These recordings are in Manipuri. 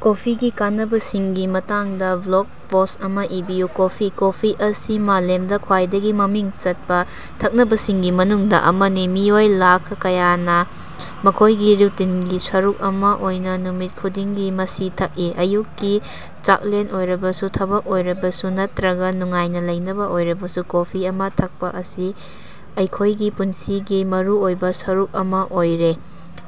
ꯀꯣꯐꯤꯒꯤ ꯀꯥꯟꯅꯕꯁꯤꯡꯒꯤ ꯃꯇꯥꯡꯗ ꯕ꯭ꯂꯣꯒ ꯄꯣꯁꯠ ꯑꯃ ꯏꯕꯤꯌꯨ꯫ ꯀꯣꯐꯤ: ꯀꯣꯐꯤ ꯑꯁꯤ ꯃꯥꯂꯦꯝꯗ ꯈ꯭ꯋꯥꯏꯗꯒꯤ ꯃꯃꯤꯡ ꯆꯠꯄ ꯊꯛꯅꯕꯁꯤꯡꯒꯤ ꯃꯅꯨꯡꯗ ꯑꯃꯅꯤ꯫ ꯃꯤꯑꯣꯏ ꯂꯥꯈ ꯀꯌꯥꯅ ꯃꯈꯣꯏꯒꯤ ꯔꯨꯇꯤꯟꯒꯤ ꯁꯔꯨꯛ ꯑꯃ ꯑꯣꯏꯅ ꯅꯨꯃꯤꯠ ꯈꯨꯗꯤꯡꯒꯤ ꯃꯁꯤ ꯊꯛꯏ꯫ ꯑꯌꯨꯛꯀꯤ ꯆꯥꯛꯂꯦꯟ ꯑꯣꯏꯔꯕꯁꯨ, ꯊꯕꯛ ꯑꯣꯏꯔꯕꯁꯨ ꯅꯠꯇ꯭ꯔꯒ ꯅꯨꯡꯉꯥꯏꯅ ꯂꯩꯅꯕ ꯑꯣꯏꯔꯕꯁꯨ, ꯀꯣꯐꯤ ꯑꯃ ꯊꯛꯄ ꯑꯁꯤ ꯑꯩꯈꯣꯏꯒꯤ ꯄꯨꯟꯁꯤꯒꯤ ꯃꯔꯨꯑꯣꯏꯕ ꯁꯔꯨꯛ ꯑꯃ ꯑꯣꯏꯔꯦ꯫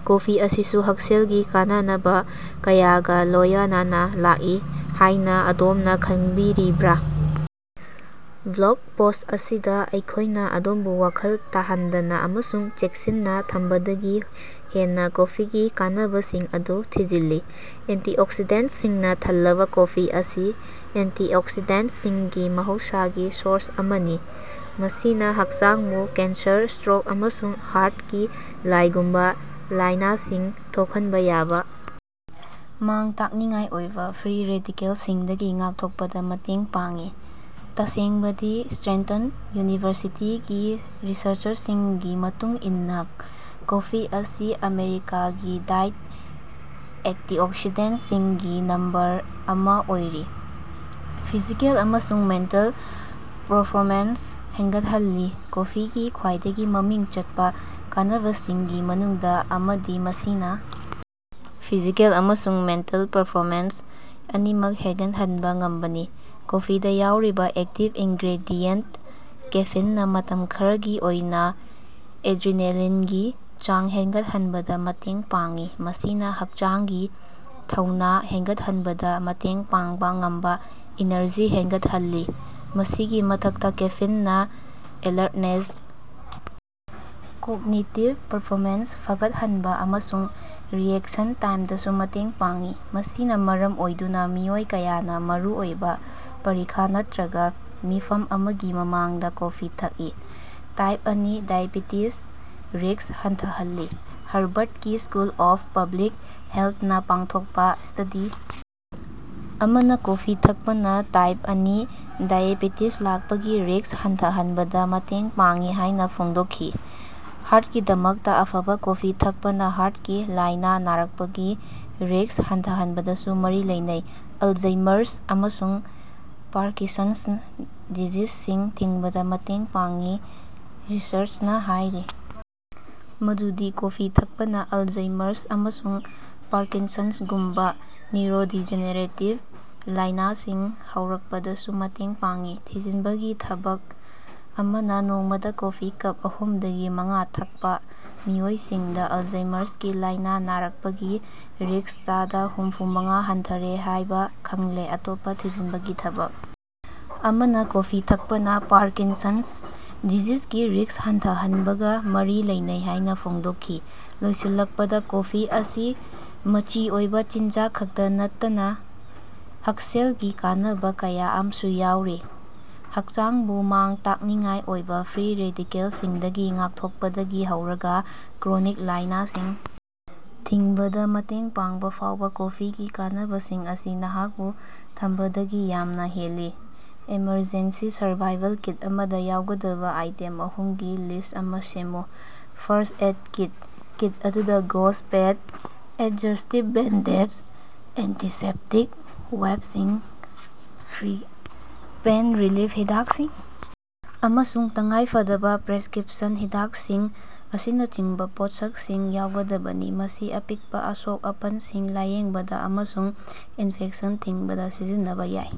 ꯀꯣꯐꯤ ꯑꯁꯤꯁꯨ ꯍꯛꯁꯦꯜꯒꯤ ꯀꯥꯟꯅꯕ ꯀꯌꯥꯒ ꯂꯣꯌꯅꯅ ꯂꯥꯛꯏ ꯍꯥꯏꯅ ꯑꯗꯣꯝꯅ ꯈꯪꯕꯤꯔꯤꯕ꯭ꯔꯥ? ꯕ꯭ꯂꯣꯒ ꯄꯣꯁꯠ ꯑꯁꯤꯗ ꯑꯩꯈꯣꯏꯅ ꯑꯗꯣꯝꯕꯨ ꯋꯥꯈꯜ ꯇꯥꯍꯟꯗꯅ ꯑꯃꯁꯨꯡ ꯆꯦꯛꯁꯤꯟꯅ ꯊꯝꯕꯗꯒꯤ ꯍꯦꯟꯅ ꯀꯣꯐꯤꯒꯤ ꯀꯥꯟꯅꯕꯁꯤꯡ ꯑꯗꯨ ꯊꯤꯖꯤꯜꯂꯤ꯫ ꯑꯦꯟꯇꯤꯑꯣꯛꯁꯤꯗꯦꯟꯇꯁꯤꯡꯅ ꯊꯜꯂꯕ ꯀꯣꯐꯤ ꯑꯁꯤ ꯑꯦꯟꯇꯤꯑꯣꯛꯁꯤꯗꯦꯟꯇꯁꯤꯡꯒꯤ ꯃꯍꯧꯁꯥꯒꯤ ꯁꯣꯔꯁ ꯑꯃꯅꯤ꯫ ꯃꯁꯤꯅ ꯍꯛꯆꯥꯡꯕꯨ ꯀꯦꯟꯁꯔ, ꯁ꯭ꯇꯔꯣꯛ ꯑꯃꯁꯨꯡ ꯍꯥꯔꯠꯀꯤ ꯂꯥꯏꯉꯨꯝꯕ ꯂꯥꯏꯅꯥꯁꯤꯡ ꯊꯣꯛꯍꯟꯕ ꯌꯥꯕ ꯃꯥꯡ-ꯇꯥꯛꯅꯤꯡꯉꯥꯏ ꯑꯣꯏꯕ ꯐ꯭ꯔꯤ ꯔꯦꯗꯤꯀꯦꯜꯁꯤꯡꯗꯒꯤ ꯉꯥꯛꯊꯣꯛꯄꯗ ꯃꯇꯦꯡ ꯄꯥꯡꯉꯤ꯫ ꯇꯁꯦꯡꯕꯗꯤ ꯁ꯭ꯇꯔꯦꯟꯇꯟ ꯌꯨꯅꯤꯚꯔꯁꯤꯇꯤꯒꯤ ꯔꯤꯁꯔꯆꯔꯁꯤꯡꯒꯤ ꯃꯇꯨꯡ ꯏꯟꯅ ꯀꯣꯐꯤ ꯑꯁꯤ ꯑꯃꯦꯔꯤꯀꯥꯒꯤ ꯗꯥꯏꯠꯇ ꯑꯦꯟꯇꯤꯑꯣꯛꯁꯤꯗꯦꯟꯇꯁꯤꯡꯒꯤ ꯅꯝꯕꯔ ꯑꯃ ꯑꯣꯏꯔꯤ꯫ ꯐꯤꯖꯤꯀꯦꯜ ꯑꯃꯁꯨꯡ ꯃꯦꯟꯇꯜ ꯄꯔꯐꯣꯃꯦꯟꯁ ꯍꯦꯟꯒꯠꯍꯜꯂꯤ꯫ꯀꯣꯐꯤꯒꯤ ꯈ꯭ꯋꯥꯏꯗꯒꯤ ꯃꯃꯤꯡ ꯆꯠꯄ ꯀꯥꯟꯅꯕꯁꯤꯡꯒꯤ ꯃꯅꯨꯡꯗ ꯑꯃꯗꯤ ꯃꯁꯤꯅ ꯐꯤꯖꯤꯀꯦꯜ ꯑꯃꯁꯨꯡ ꯃꯦꯟꯇꯜ ꯄꯔꯐꯣꯃꯦꯟꯁ ꯑꯅꯤꯃꯛ ꯍꯦꯟꯒꯠꯍꯟꯕ ꯉꯝꯕꯅꯤ꯫ ꯀꯣꯐꯤꯗ ꯌꯥꯎꯔꯤꯕ ꯑꯦꯛꯇꯤꯚ ꯏꯟꯒ꯭ꯔꯦꯗꯤꯌꯦꯟꯇ ꯀꯦꯐꯤꯟꯅ ꯃꯇꯝ ꯈꯔꯒꯤ ꯑꯣꯏꯅ ꯑꯦꯗ꯭ꯔꯤꯅꯦꯂꯤꯟꯒꯤ ꯆꯥꯡ ꯍꯦꯟꯒꯠꯍꯟꯕꯗ ꯃꯇꯦꯡ ꯄꯥꯡꯉꯤ꯫ ꯃꯁꯤꯅ ꯍꯛꯆꯥꯡꯒꯤ ꯊꯧꯅ ꯍꯦꯟꯒꯠꯍꯟꯕꯗ ꯃꯇꯦꯡ ꯄꯥꯡꯕ ꯉꯝꯕ ꯏꯅꯔꯖꯤ ꯍꯦꯟꯒꯠꯍꯜꯂꯤ꯫ ꯃꯁꯤꯒꯤ ꯃꯊꯛꯇ ꯀꯦꯐꯤꯟꯅ ꯑꯦꯂꯔꯠꯅꯦꯁ, ꯀꯣꯒꯅꯤꯇꯤꯚ ꯄꯔꯐꯣꯃꯦꯟꯁ ꯐꯒꯠꯍꯟꯕ ꯑꯃꯁꯨꯡ ꯔꯤꯑꯦꯛꯁꯟ ꯇꯥꯏꯝꯗꯁꯨ ꯃꯇꯦꯡ ꯄꯥꯡꯉꯤ꯫ ꯃꯁꯤꯅ ꯃꯔꯝ ꯑꯣꯏꯗꯨꯅ ꯃꯤꯑꯣꯏ ꯀꯌꯥꯅ ꯃꯔꯨꯑꯣꯏꯕ ꯄꯔꯤꯈ ꯅꯠꯇ꯭ꯔꯒ ꯃꯤꯐꯝ ꯑꯃꯒꯤ ꯃꯃꯥꯡꯗ ꯀꯣꯐꯤ ꯊꯛꯏ꯫ ꯇꯥꯏꯞ ꯑꯅꯤ- ꯗꯥꯏꯕꯦꯇꯤꯖꯒꯤ ꯔꯤꯛꯁ ꯍꯟꯊꯍꯜꯂꯤ ꯍꯔꯕꯔꯗꯀꯤ ꯁ꯭ꯀꯨꯜ ꯑꯣꯐ ꯄꯕ꯭ꯂꯤꯛ ꯍꯦꯜꯊꯅ ꯄꯥꯡꯊꯣꯛꯄ ꯁ꯭ꯇꯗꯤ ꯑꯃꯅ ꯀꯣꯐꯤ ꯊꯛꯄꯅ ꯇꯥꯏꯞ ꯑꯅꯤ ꯗꯥꯏꯑꯦꯕꯦꯇꯤꯖ ꯂꯥꯛꯄꯒꯤ ꯔꯤꯛꯁ ꯍꯟꯊꯍꯟꯕꯗ ꯃꯇꯦꯡ ꯄꯥꯡꯉꯤ ꯍꯥꯏꯅ ꯐꯣꯡꯗꯣꯛꯈꯤ꯫ ꯍꯥꯔꯠꯀꯤꯗꯃꯛꯇ ꯑꯐꯕ ꯀꯣꯐꯤ ꯊꯛꯄꯅ ꯍꯥꯔꯠꯀꯤ ꯂꯥꯏꯅꯥ ꯅꯥꯔꯛꯄꯒꯤ ꯔꯤꯛꯁ ꯍꯟꯊꯍꯟꯕꯗꯁꯨ ꯃꯔꯤ ꯂꯩꯅꯩ꯫ ꯑꯜꯖꯩꯃꯔꯁ ꯑꯃꯁꯨꯡ ꯄꯥꯔꯀꯤꯟꯁꯟꯁ ꯗꯤꯖꯤꯖꯁꯤꯡ ꯊꯤꯡꯕꯗ ꯃꯇꯦꯡ ꯄꯥꯡꯉꯤ ꯔꯤꯁꯔꯆꯅ ꯍꯥꯏꯔꯤ ꯃꯗꯨꯗꯤ ꯀꯣꯐꯤ ꯊꯛꯄꯅ ꯑꯜꯖꯩꯃꯔꯁ ꯑꯃꯁꯨꯡ ꯄꯥꯔꯀꯤꯟꯁꯟꯁꯒꯨꯝꯕ ꯅ꯭ꯌꯨꯔꯣꯗꯤꯖꯦꯅꯦꯔꯦꯇꯤꯚ ꯂꯥꯏꯅꯥꯁꯤꯡ ꯍꯧꯔꯛꯄꯗꯁꯨ ꯃꯇꯦꯡ ꯄꯥꯡꯉꯤ꯫ ꯊꯤꯖꯤꯟꯕꯒꯤ ꯊꯕꯛ ꯑꯃꯅ ꯅꯣꯡꯃꯗ ꯀꯣꯐꯤ ꯀꯞ ꯑꯍꯨꯝꯗꯒꯤ ꯃꯉꯥ ꯊꯛꯄ ꯃꯤꯑꯣꯏꯁꯤꯡꯗ ꯑꯜꯖꯩꯃꯔꯁꯀꯤ ꯂꯥꯏꯅꯥ ꯅꯥꯔꯛꯄꯒꯤ ꯔꯤꯛꯁ ꯆꯥꯗ ꯍꯨꯝꯐꯨꯃꯉꯥ ꯍꯟꯊꯔꯦ ꯍꯥꯏꯕ ꯈꯪꯂꯦ꯫ ꯑꯇꯣꯞꯄ ꯊꯤꯖꯤꯟꯕꯒꯤ ꯊꯕꯛ ꯑꯃꯅ ꯀꯣꯐꯤ ꯊꯛꯄꯅ ꯄꯥꯔꯀꯤꯟꯁꯟꯁ ꯗꯤꯖꯤꯖꯀꯤ ꯔꯤꯛꯁ ꯍꯟꯊꯍꯟꯕꯒ ꯃꯔꯤ ꯂꯩꯅꯩ ꯍꯥꯏꯅ ꯐꯣꯡꯗꯣꯛꯈꯤ꯫ ꯂꯣꯏꯁꯤꯜꯂꯛꯄꯗ, ꯀꯣꯐꯤ ꯑꯁꯤ ꯃꯆꯤ ꯑꯣꯏꯕ ꯆꯤꯟꯖꯥꯛ ꯈꯛꯇ ꯅꯠꯇꯅ ꯍꯛꯁꯦꯜꯒꯤ ꯀꯥꯟꯅꯕ ꯀꯌꯥ ꯑꯃꯁꯨ ꯌꯥꯎꯔꯤ꯫ ꯍꯛꯆꯥꯡꯕꯨ ꯃꯥꯡ-ꯇꯥꯛꯅꯤꯡꯉꯥꯏ ꯑꯣꯏꯕ ꯐ꯭ꯔꯤ ꯔꯦꯗꯤꯀꯦꯜꯁꯤꯡꯗꯒꯤ ꯉꯥꯛꯊꯣꯛꯄꯗꯒꯤ ꯍꯧꯔꯒ ꯀ꯭ꯔꯣꯅꯤꯛ ꯂꯥꯏꯅꯥꯁꯤꯡ ꯊꯤꯡꯕꯗ ꯃꯇꯦꯡ ꯄꯥꯡꯕꯐꯥꯎꯕ ꯀꯣꯐꯤꯒꯤ ꯀꯥꯟꯅꯕꯁꯤꯡ ꯑꯁꯤ ꯅꯍꯥꯛꯄꯨ ꯊꯝꯕꯗꯒꯤ ꯌꯥꯝꯅ ꯍꯦꯜꯂꯤ꯫ ꯑꯦꯃꯔꯖꯦꯟꯁꯤ ꯁꯔꯚꯥꯏꯚꯜ ꯀꯤꯠ ꯑꯃꯗ ꯌꯥꯎꯒꯗꯕ ꯑꯥꯏꯇꯦꯝ ꯑꯍꯨꯝꯒꯤ ꯂꯤꯁꯠ ꯑꯃ ꯁꯦꯝꯃꯨ꯫ꯐꯥꯔꯁꯠ ꯑꯦꯏꯗ ꯀꯤꯠ: ꯀꯤꯠ ꯑꯗꯨꯗ gauze, pad, adhesive bandage, antiseptic ꯋꯥꯏꯞꯁꯤꯡ, ꯐ꯭ꯔꯤ ꯄꯦꯟ ꯔꯤꯂꯤꯐ ꯍꯤꯗꯥꯛꯁꯤꯡ ꯑꯃꯁꯨꯡ ꯇꯉꯥꯏꯐꯗꯕ ꯄ꯭ꯔꯦꯁꯀꯤꯞꯁꯟ ꯍꯤꯗꯥꯛꯁꯤꯡ ꯑꯁꯤꯅꯆꯤꯡꯕ ꯄꯣꯠꯁꯛꯁꯤꯡ ꯌꯥꯎꯒꯗꯕꯅꯤ꯫ ꯃꯁꯤ ꯑꯄꯤꯛꯄ ꯑꯁꯣꯛ-ꯑꯄꯟꯁꯤꯡ ꯂꯥꯏꯌꯦꯡꯕꯗ ꯑꯃꯁꯨꯡ ꯏꯟꯐꯦꯛꯁꯟ ꯊꯤꯡꯕꯗ ꯁꯤꯖꯤꯟꯅꯕ ꯌꯥꯏ꯫